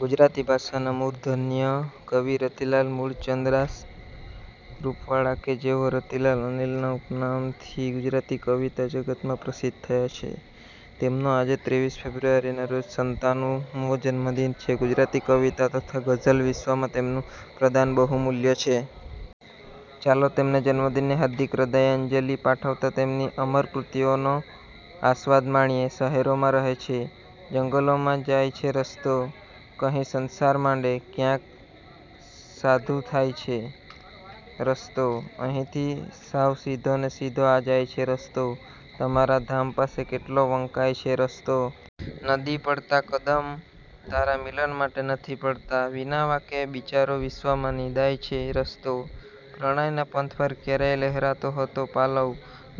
ગુજરાતી ભાષાના મૂર્ધન્ય કવિ રતિલાલ મૂળચંદદાસ રૂપાવાળા કે જેઓ રતિલાલ 'અનિલ'ના ઉપનામથી ગુજરાતી કવિતા જગતમાં પ્રસિદ્ધ થયા છે. તેમનો આજે ત્રેવીસ ફેબ્રુઆરીના રોજ સતાનું મો જન્મદિન છે. ગુજરાતી કવિતા તથા ગઝલ વિશ્વમાં તેમનું પ્રદાન બહુમૂલ્ય છે. ચાલો, તેમને જન્મદિનની હાર્દિક હૃદયાંજલિ પાઠવતાં તેમની અમર કૃતિઓનો આસ્વાદ માણીએ… શહેરોમાં રહે છે, જંગલોમાં જાય છે રસ્તો, કહીં સંસાર માંડે, ક્યાંક સાધુ થાય છે રસ્તો. અહીંથી સાવ સીધો ને સીધો આ જાય છે રસ્તો, તમારા ધામ પાસે કેટલો વંકાય છે રસ્તો! નથી પડતાં કદમ, તારા મિલન માટે નથી પડતાં, વિના વાંકે બિચારો વિશ્વમાં નિંદાય છે રસ્તો. પ્રણયના પંથ પર ક્યારેક લ્હેરાતો હતો પાલવ,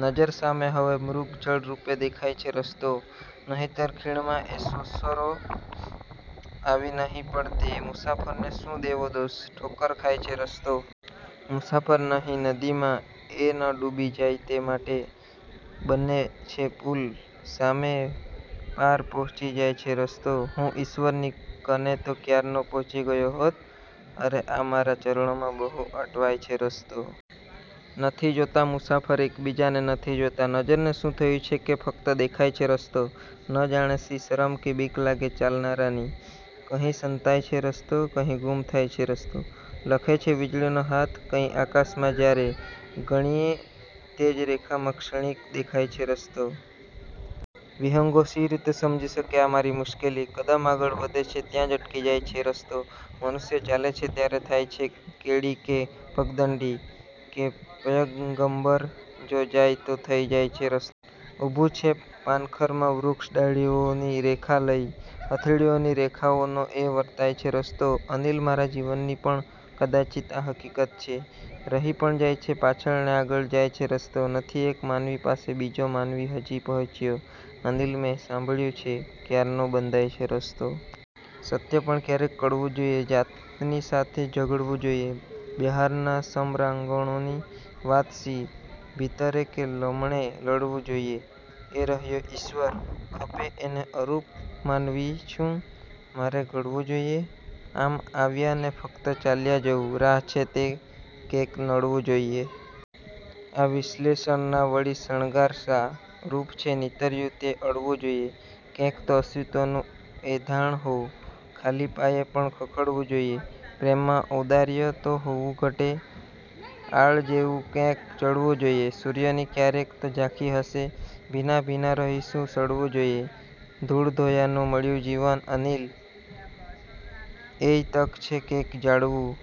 નજર સામે હવે મૃગજળ રૂપે દેખાય છે રસ્તો. નહિતર ખીણમાં એ સોંસરો આવી નહીં પડતે, મુસાફરને શું દેવો દોષ, ઠોકર ખાય છે રસ્તો! મુસાફર નહિ, નદીમાં એ ન ડૂબી જાય તે માટે, બને છે પુલ, સામે પાર પ્હોંચી જાય છે રસ્તો. હું ઈશ્વરની કને તો ક્યારનો પ્હોંચી ગયો હોત, અરે, આ મારાં ચરણોમાં બહુ અટવાય છે રસ્તો! નથી જોતા મુસાફર એકબીજાને નથી જોતા, નજરને શું થયું છે કે ફકત દેખાય છે રસ્તો! ન જાણે શી શરમ કે બીક લાગે ચાલનારાની, કહીં સંતાય છે રસ્તો, કહીં ગુમ થાય છે રસ્તો. લખે છે વીજળીનો હાથ કંઈ આકાશમાં જ્યારે, ઘણીએ તેજ રેખામાં ક્ષણિક દેખાય છે રસ્તો! વિહંગો શી રીતે સમજી શકે આ મારી મુશ્કેલી, કદમ આગળ વધે છે ત્યાં જ અટકી જાય છે રસ્તો! મનુષ્યો ચાલે છે ત્યારે થાય છે કેડી કે પગદંડી, કે પયગમ્બર જો જાય તો થઈ જાય છે રસ્તો! ઊભું છે પાનખરમાં વૃક્ષ ડાળીઓની રેખા લઈ, હથેળીઓની રેખાઓનો એ વર્તાય છે રસ્તો! 'અનિલ' મારા જીવનની પણ કદાચિત્ આ હકીકત છે, રહી પણ જાય છે પાછળ ને આગળ જાય છે રસ્તો! નથી એક માનવી પાસે બીજો માનવી હજી પ્હોંચ્યો, 'અનિલ', મેં સાંભળ્યું છે ક્યારનો બંધાય છે રસ્તો! સત્ય પણ ક્યારેક કડવું જોઇએ, જાતની સાથે ઝઘડવું જોઇએ! બ્હારના સમરાંગણોની વાત શી? ભીતરે કે લમણે લડવું જોઇએ! એ રહ્યો ઇશ્વર, ખપે એને અરૂપ; માનવી છું, મારે ઘડવું જોઇએ! આમ આવ્યા ને ફક્ત ચાલ્યા જવું, રાહ છે તો કૈંક નડવું જોઇએ! આ વિશેષણના વળી શણગાર શા? રૂપ છે નીતર્યુ તે અડવું જોઇએ! કૈંક તો અસ્તિત્વનું એંધાણ હો! ખાલીપાએ પણ ખખડવું જોઇએ! પ્રેમમાં ઔંદાર્ય તો હોવું ઘટે! આળ જેવું કૈંક ચડવું જોઇએ! સૂર્યની ક્યારેક તો ઝાંખી હશે, ભીના ભીના રહી શું સડવું જોઇએ? ધૂળધોયાનું મળ્યું જીવન અનિલ, એય તક છે, કૈંક જડવું